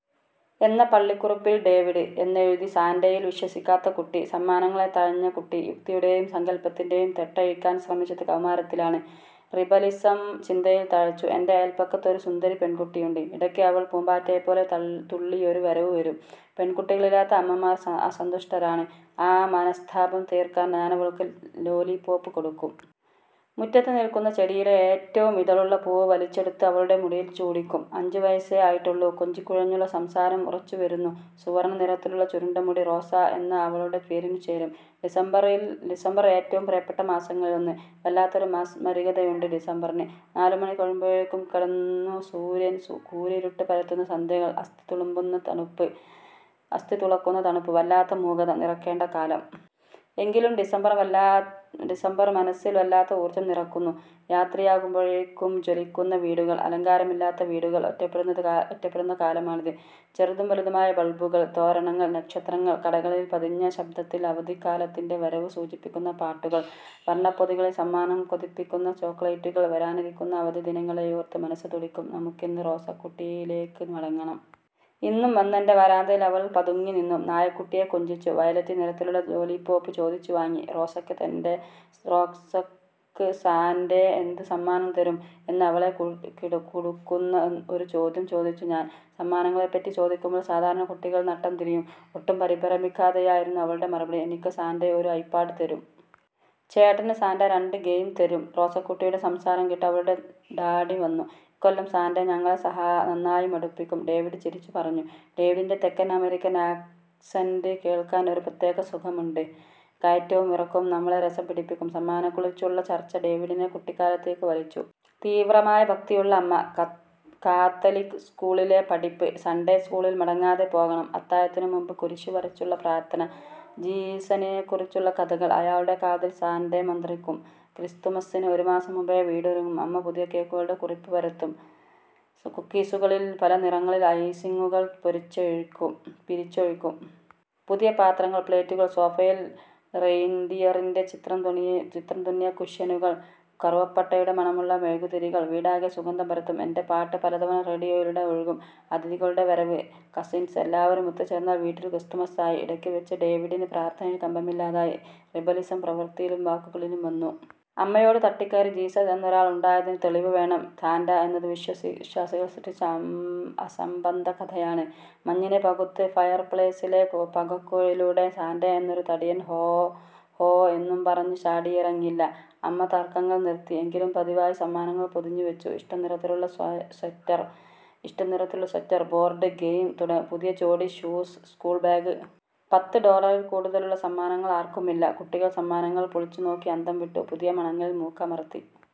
എന്ന പള്ളിക്കുറിപ്പിൽ ഡേവിഡ്, എന്നെഴുതി. സാന്റയിൽ വിശ്വസിക്കാത്ത കുട്ടി. സമ്മാനങ്ങളെ തഴഞ്ഞ കുട്ടി. യുക്തിയുടേയും സങ്കൽപ്പത്തിൻ്റെയും കെട്ടഴിക്കാൻ ശ്രമിച്ചത് കൗമാരത്തിലാണ്. റിബലിസം ചിന്തയിൽ തഴച്ചു. എൻ്റെ അയൽപക്കത്ത് ഒരു സുന്ദരി പെൺകുട്ടിയുണ്ട്. ഇടയ്ക്ക് അവൾ പൂമ്പാറ്റയെപ്പോലെ തുള്ളിയൊരു വരവു വരും. പെൺകുട്ടികളില്ലാത്ത അമ്മമാർ അസന്തുഷ്ടരാണ്. ആ മനസ്താപം തീർക്കാൻ ഞാനവൾക്ക് ലോലിപോപ്പ് കൊടുക്കും. മുറ്റത്ത് നിൽക്കുന്ന ചെടിയിലെ ഏറ്റവും ഇതളുള്ള പൂവ് വലിച്ചെടുത്ത് അവളുടെ മുടിയിൽ ചൂടിക്കും. അഞ്ചു വയസ്സേ ആയിട്ടുള്ളൂ. കൊഞ്ചിക്കുഴഞ്ഞുള്ള സംസാരം ഉറച്ചുവരുന്നു. സുവർണ നിറത്തിലുള്ള ചുരുണ്ട മുടി റോസ എന്ന അവളുടെ പേരിനു ചേരും. ഡിസംബർ ഏറ്റവും പ്രിയപ്പെട്ട മാസങ്ങളിലൊന്ന്. വല്ലാത്തൊരു മാസ്മരികതയുണ്ട് ഡിസംബറിന്. നാലുമണി കഴിയുമ്പോഴേക്കും കെടുന്ന സൂര്യൻ, കൂരിരുട്ട് പരത്തുന്ന സന്ധ്യകൾ, അസ്ഥിതുളുമ്പുന്ന തുളക്കുന്ന തണുപ്പ്, വല്ലാത്ത മൂകത നിറക്കേണ്ട കാലം. എങ്കിലും ഡിസംബർ മനസ്സിൽ വല്ലാത്ത ഊർജം നിറക്കുന്നു. രാത്രിയാകുമ്പോഴേക്കും ജ്വലിക്കുന്ന വീടുകൾ. അലങ്കാരമില്ലാത്ത വീടുകൾ ഒറ്റപ്പെടുന്ന കാലമാണിത്. ചെറുതും വലുതുമായ ബൾബുകൾ, തോരണങ്ങൾ, നക്ഷത്രങ്ങൾ, കടകളിൽ പതിഞ്ഞ ശബ്ദത്തിൽ അവധിക്കാലത്തിൻ്റെ വരവ് സൂചിപ്പിക്കുന്ന പാട്ടുകൾ, വർണപ്പൊതികളിൽ സമ്മാനം, കൊതിപ്പിക്കുന്ന ചോക്ലേറ്റുകൾ. വരാനിരിക്കുന്ന അവധിദിനങ്ങളെയോർത്ത് മനസ്സ് തുടിക്കും. നമുക്കിന്ന് റോസക്കുട്ടിയിലേക്ക് മടങ്ങണം. ഇന്നും വന്നെൻ്റെ വരാന്തയിൽ അവൾ പതുങ്ങിനിന്നു. നായക്കുട്ടിയെ കൊഞ്ചിച്ചു. വയലറ്റ് നിറത്തിലുള്ള ലോലിപോപ്പ് ചോദിച്ചു വാങ്ങി. റോസക്ക് തന്റെ സാന്റെ എന്ത് സമ്മാനം തരും എന്ന് അവളെ കുടുക്കുന്ന ഒരു ചോദ്യം ചോദിച്ചു ഞാൻ. സമ്മാനങ്ങളെപ്പറ്റി ചോദിക്കുമ്പോൾ സാധാരണ കുട്ടികൾ നട്ടംതിരിയും. ഒട്ടും പരിഭ്രമിക്കാതെയായിരുന്നു അവളുടെ മറുപടി. എനിക്ക് സാന്റ ഒരു ഐപാഡ് തരും. ചേട്ടന് സാന്റ രണ്ട് ഗെയിം തരും. റോസക്കുട്ടിയുടെ സംസാരം കേട്ട് അവളുടെ ഡാഡി വന്നു. ഇക്കൊല്ലം സാന്റ ഞങ്ങളെ നന്നായി മുടിപ്പിക്കും. ഡേവിഡ് ചിരിച്ചു പറഞ്ഞു. ഡേവിഡിൻ്റെ തെക്കൻ അമേരിക്കൻ ആക്സന്റ് കേൾക്കാൻ ഒരു പ്രത്യേക സുഖമുണ്ട്. കയറ്റവും ഇറക്കവും നമ്മളെ രസം പിടിപ്പിക്കും. സമ്മാനങ്ങളെക്കുറിച്ചുള്ള ചർച്ച ഡേവിഡിനെ കുട്ടിക്കാലത്തേക്ക് വലിച്ചു. തീവ്രമായ ഭക്തിയുള്ള അമ്മ. കാത്തലിക് സ്കൂളിലെ പഠിപ്പ്. സൺഡേ സ്കൂളിൽ മുടങ്ങാതെ പോകണം. അത്താഴത്തിനുമുമ്പ് കുരിശു വരച്ചുള്ള പ്രാർഥന. ജീസസിനെക്കുറിച്ചുള്ള കഥകൾ. അയാളുടെ കാതിൽ സാന്റ മന്ത്രിക്കും. ക്രിസ്തുമസ്സിന് ഒരുമാസം മുമ്പേ വീടൊരുങ്ങും. അമ്മ പുതിയ കേക്കുകളുടെ കുറിപ്പ് പരത്തും. കുക്കീസുകളിൽ പല നിറങ്ങളിൽ ഐസിങ്ങുകൾപിരിച്ചൊഴിക്കും പിരിച്ചൊഴിക്കും. പുതിയ പാത്രങ്ങൾ, പ്ലേറ്റുകൾ, സോഫയിൽ റെയിൻഡിയറിൻ്റെ ചിത്രം തുന്നിയ കുഷ്യനുകൾ. കറുവപ്പട്ടയുടെ മണമുള്ള മെഴുകുതിരികൾ വീടാകെ സുഗന്ധം പരത്തും. ൻ്റെ പാട്ട് പലതവണ റേഡിയോയിലൂടെ ഒഴുകും. അതിഥികളുടെ വരവ്. കസിൻസ് എല്ലാവരും ഒത്തുചേർന്നാൽ വീട്ടിൽ ക്രിസ്തുമസ്സായി. ഇടയ്ക്ക് വച്ച് ഡേവിഡിന് പ്രാർഥനയിൽ കമ്പമില്ലാതായി. റിബലിസം പ്രവൃത്തിയിലും വാക്കുകളിലും വന്നു. അമ്മയോട് തട്ടിക്കയറി. ജീസസ് എന്നൊരാൾ ഉണ്ടായതിന് തെളിവ് വേണം. സാന്റ എന്നത് വിശ്വാസികൾ സൃഷ്ടിച്ച അസംബന്ധ കഥയാണ്. മഞ്ഞിനെ പകുത്ത് ഫയർപ്ലേസിലെ പുകക്കുഴലിലൂടെ സാന്റ എന്നൊരു തടിയൻ ഹോ ഹോ എന്നും പറഞ്ഞ് ചാടിയിറങ്ങില്ല. അമ്മ തർക്കങ്ങൾ നിർത്തി. എങ്കിലും പതിവായി സമ്മാനങ്ങൾ പൊതിഞ്ഞുവെച്ചു. ഇഷ്ടനിറത്തിലുള്ള സ്വെറ്റർ, ബോർഡ് ഗെയിം, പുതിയ ജോഡി ഷൂസ്, സ്കൂൾ ബാഗ്. പത്ത് ഡോളറിൽ കൂടുതലുള്ള സമ്മാനങ്ങൾ ആർക്കുമില്ല. കുട്ടികൾ സമ്മാനങ്ങൾ പൊളിച്ചുനോക്കി അന്തംവിട്ടു. പുതിയ മണങ്ങളിൽ മൂക്കമർത്തി.